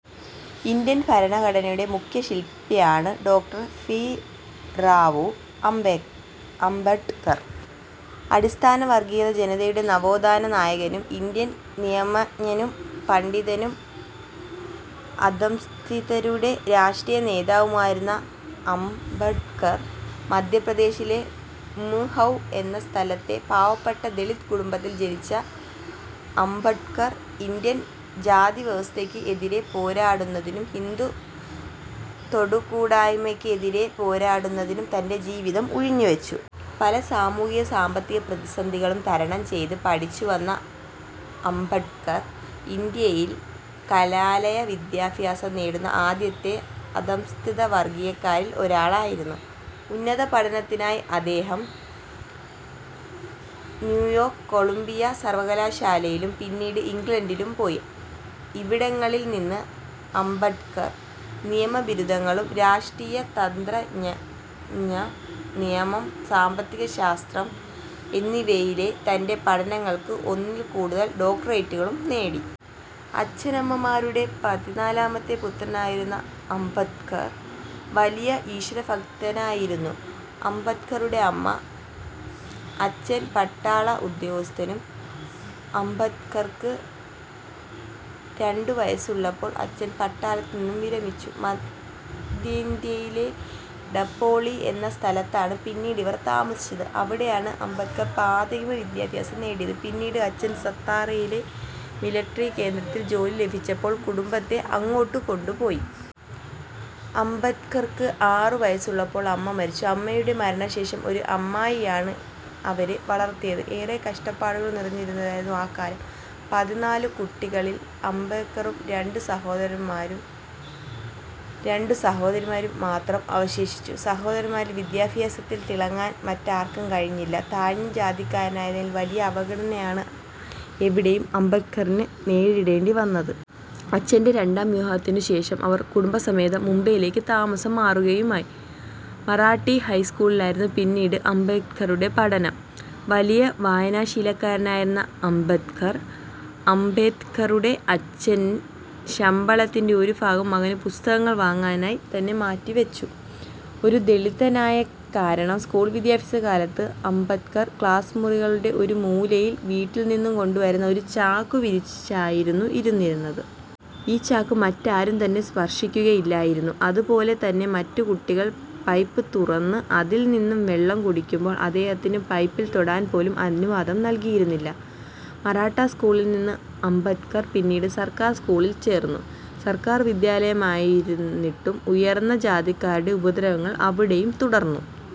Indian ഭരണഘടനയുടെ മുഖ്യ ശില്പിയാണ് ഡോ. ഭീംറാവു അംബേ അംബേഡ്കർ. അടിസ്ഥാനവർഗ്ഗ ജനതയുടെ നവോത്ഥാന നായകനും ഇന്ത്യൻ നിയമജ്ഞനും പണ്ഡിതനും അധഃസ്ഥിതരുടെ രാഷ്ട്രീയ നേതാവുമായിരുന്നു അംബേഡ്കർ. മധ്യപ്രദേശിലെ മ്ഹൌ എന്ന സ്ഥലത്തെ പാവപ്പെട്ട ദളിത് കുടുംബത്തിൽ ജനിച്ച അംബേഡ്കർ ഇന്ത്യൻ ജാതിവ്യവസ്ഥയ്ക്ക് എതിരേ പോരാടുന്നതിനും ഹിന്ദു തൊടുകൂടായ്മയ്ക്ക് എതിരേ പോരാടുന്നതിനും തന്റെ ജീവിതം ഉഴിഞ്ഞുവെച്ചു. പല സാമൂഹിക സാമ്പത്തിക പ്രതിസന്ധികളും തരണം ചെയ്ത് പഠിച്ചുവന്ന അംബേഡ്കർ ഇന്ത്യയിൽ കലാലയ വിദ്യാഭ്യാസം നേടുന്ന ആദ്യത്തെ അധഃസ്ഥിതവർഗ്ഗക്കാരിൽ ഒരാളായിരുന്നു. ഉന്നതപഠനത്തിനായി അദ്ദേഹം ന്യൂയോർക്ക് കൊളംബിയ സർവ്വകലാശാലയിലും പിന്നീട് ഇംഗ്ലണ്ടിലും പോയി. ഇവിടങ്ങളിൽ നിന്ന് അംബേഡ്കർ നിയമബിരുദങ്ങളും രാഷ്ട്രതന്ത്രജ്ഞത, നിയമം, സാമ്പത്തികശാസ്ത്രം എന്നിവയിലെ തന്റെ പഠനങ്ങൾക്ക് ഒന്നിൽ കൂടുതൽ ഡോക്ടറേറ്റുകളും നേടി. അചഛനമ്മമാരുടെ പതിനാലാമത്തെ പുത്രനായിരുന്നു അംബേദ്കർ. വലിയ ഈശ്വരഭക്തയായിരുന്നു അംബേദ്കറുടെ അമ്മ. അച്ഛൻ പട്ടാള ഉദ്യോഗസ്ഥനും. അംബേദ്കർക്ക് രണ്ടു വയസ്സുള്ളപ്പോൾ അച്ഛൻ പട്ടാളത്തിൽ നിന്നും വിരമിച്ചു. മധ്യേന്ത്യയിലെ ഡപ്പോളി എന്ന സ്ഥലത്താണ് പിന്നീടവർ താമസിച്ചത്. ഇവിടെയാണ് അംബേദ്കർ പ്രാഥമിക വിദ്യാഭ്യാസം നേടിയത്. പിന്നീട് അച്ഛന് സത്താറയിലെ മിലിട്ടറി കേന്ദ്രത്തിൽ ജോലി ലഭിച്ചപ്പോൾ കുടുംബത്തെ അങ്ങോട്ടു കൊണ്ടുപോയി. അംബേദ്കർക്ക് ആറു വയസ്സുള്ളപ്പോൾ അമ്മ മരിച്ചു. അമ്മയുടെ മരണശേഷം ഒരു അമ്മായിയാണ് അവരെ വളർത്തിയത്. ഏറെ കഷ്ട്ടപ്പാടുകൾ നിറഞ്ഞതായിരുന്നു ആ കാലം. പതിനാല് കുട്ടികളിൽ അംബേദ്കറും രണ്ടു സഹോദരന്മാരും രണ്ടു സഹോദരിമാരും മാത്രം അവശേഷിച്ചു. സഹോദരന്മാരിൽ വിദ്യാഭ്യാസത്തിൽ തിളങ്ങാൻ മറ്റാർക്കും കഴിഞ്ഞില്ല. താഴ്ന്ന ജാതിക്കാരനായതിനാൽ വലിയ അവഗണനയാണ് എവിടെയും അംബേദ്കറിന് നേരിടേണ്ടി വന്നത്. അച്ഛന്റെ രണ്ടാം വിവാഹത്തിനു ശേഷം അവർ കുടുംബസമേതം മുംബൈയിലേക്ക് താമസം മാറുകയുണ്ടായി. മറാഠി ഹൈസ്ക്കൂളിലായിരുന്നു പിന്നീട് അംബേദ്കറുടെ പഠനം. വലിയ വായനാശീലക്കാരനായിരുന്നു അംബേദ്ക്കർ. അംബേദ്ക്കറുടെ അച്ഛൻ ശമ്പളത്തിന്റെ ഒരു ഭാഗം മകന് പുസ്തകങ്ങൾ വാങ്ങാനായി തന്നെ മാറ്റി വച്ചു. ഒരു ദളിതനായത് കാരണം സ്ക്കൂൾ വിദ്യഭ്യാസ കാലത്ത് അംബേദ്ക്കർ ക്ലാസ്മുറിയുടെ ഒരു മൂലയിൽ വീട്ടിൽ നിന്നു കൊണ്ടുവരുന്ന ഒരു ചാക്കു വിരിച്ചായിരിന്നു ഇരുന്നിരുന്നത്. ഈ ചാക്ക് മറ്റാരും തന്നെ സ്പർശിക്കുകയില്ലായിരുന്നു. അത് പോലെ തന്നെ മറ്റ് കുട്ടികൾ പൈപ്പ് തുറന്ന് അതിൽ നിന്ന് വെള്ളം കുടിക്കുമ്പോൾ അദ്ദേഹത്തിനു പൈപ്പിൽ തൊടാൻ പോലും അനുവാദം നൽകിയിരുന്നില്ല. മറാഠാ സ്ക്കൂളിൽ നിന്ന് അംബേദ്കർ പിന്നീട് സർക്കാർ സ്കൂളിൽ ചേർന്നു. സർക്കാർ വിദ്യാലയമായിരുന്നിട്ടും ഉയർന്ന ജാതിക്കാരുടെ ഉപദ്രവങ്ങൾ അവിടെയും തുടർന്നു.